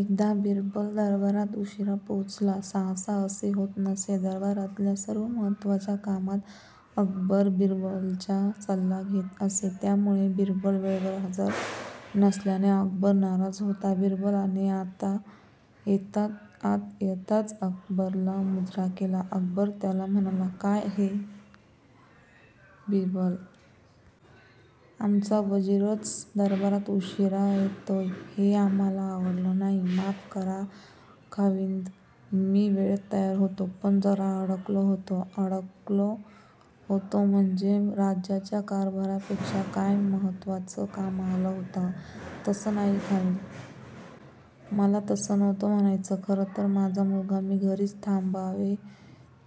एकदा बिरबल दरबारात उशिरा पोहोचला. सहसा असे होत नसे. दरबारातल्या सर्व महत्वाच्या कामात अकबर बिरबलाच्या सल्ला घेत असे. त्यामुळे बिरबल वेळेवर हजर नसल्याने अकबर नाराज होता. बिरबलाने आत येताच अकबराला मुजरा केला. अकबर त्याला म्हणाला, काय हे बिरबल? आमचा वजीरच दरबारात उशिरा येतोय हे आम्हाला आवडलं नाही. माफ करा खाविंद. मी वेळेत तयार होतो, पण जरा अडकलो होतो. अडकलो होतो म्हणजे, राज्याच्या कारभारापेक्षा काय महत्वाचं काम आलं होतं? तसं नाही खाविंद. मला तसं नव्हतं म्हणायचं. खरं तर माझा मुलगा मी घरीच थांबावे,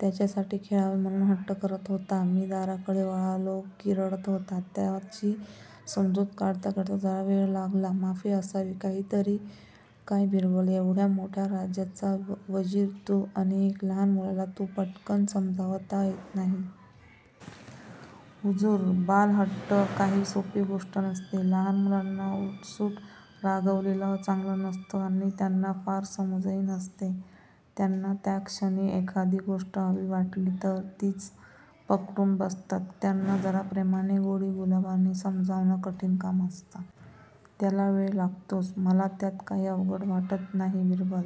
त्याच्याशी खेळावे म्हणुन हट्ट करत होता. मी दाराकडे वळलो कि रडत होता. त्याची समजुत काढता काढता जरा वेळ लागला. माफी असावी. काहीतरीच काय बिरबल, एवढ्या मोठ्या राज्याचा वजीर तु आणि एका लहान मुलाला तुला पटकन समजावता येत नाही? हुजूर, बालहट्ट काही सोपी गोष्ट नसते. लहान मुलांना उठसूट रागावलेलं चांगलं नसतं आणि त्यांना फार समजही नसते. त्यांना त्याक्षणी एखादी गोष्ट हवी वाटली तर तीच पकडून बसतात. त्यांना जरा प्रेमाने, गोडीगुलाबीने समजावणं कठीण काम असतं. त्याला वेळ लागतोच. मला त्यात काही अवघड वाटत नाही बिरबल.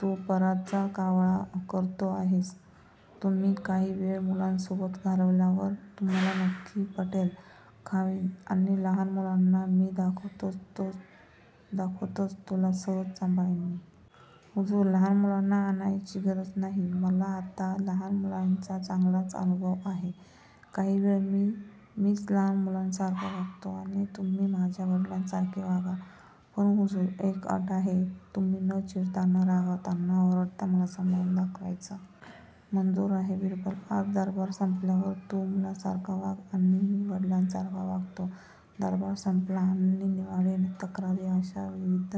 तू पराचा कावळा करतो आहेस. तुम्ही काही वेळ मुलांसोबत घालवल्यावर तुम्हाला नक्की पटेल, खाविंद. आण लहान मुलांना. मी दाखवतोच तुला, सहज सांभाळीन मी. हुजूर, लहान मुलांना आणायची गरज नाही. मला आता लहान मुलांचा चांगलाच अनुभव आहे, काही वेळ मीच लहान मुलांसारखा वागतो आणि तुम्ही माझ्या वडिलांसारखे वागा. पण हुजूर, एक अट आहे. तुम्ही न चिडता, न रागावता, न ओरडता मला सांभाळून दाखवायचं. मंजुर आहे बिरबल, आज दरबार संपल्यावर तु मुलासारखा वाग आणि मी वडिलांसारखा वागतो. दरबार संपला आणि निवाडे, तक्रारी अशा विविध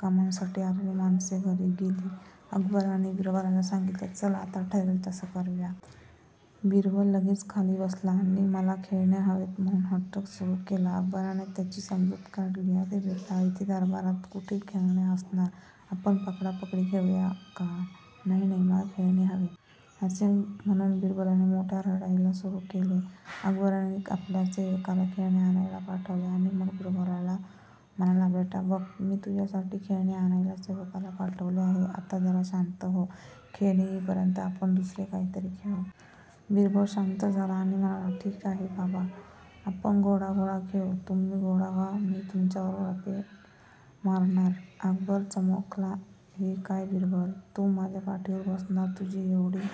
कामांसाठी आलेली माणसे घरी गेली. अकबराने बिरबलाला सांगितले चल आता ठरले तसे करूया. बिरबल लगेच खाली बसला आणि मला खेळणे हवेत म्हणुन हट्ट सुरु केला. अकबराने त्याची समजूत काढली, अरे बेटा, इथे दरबारात कुठे खेळणे असणार? आपण पकडा पकडी खेळूया का? नाही नाही, मला खेळणे हवेत. असे म्हणुन बिरबलाने मोठ्याने रडायला सुरु केले. अकबराने आपल्या सेवकाला खेळणे आणायला पाठवले. आणि मग बिरबलाला म्हणाला बेटा, बघ मी तुझ्यासाठी खेळणे आणायला सेवकाला पाठवले आहे. आता जरा शांत हो. खेळणे येईपर्यंत आपण दुसरे काहीतरी खेळू. बिरबल शांत झाला. आणि म्हणाला ठीक आहे बाबा, आपण घोडा घोडा खेळू. तुम्ही घोडा व्हा, मी तुमच्यावर रपेट मारणार. अकबर चमकला. हे काय बिरबल? तू माझ्या पाठीवर बसणार? तुझी एवढी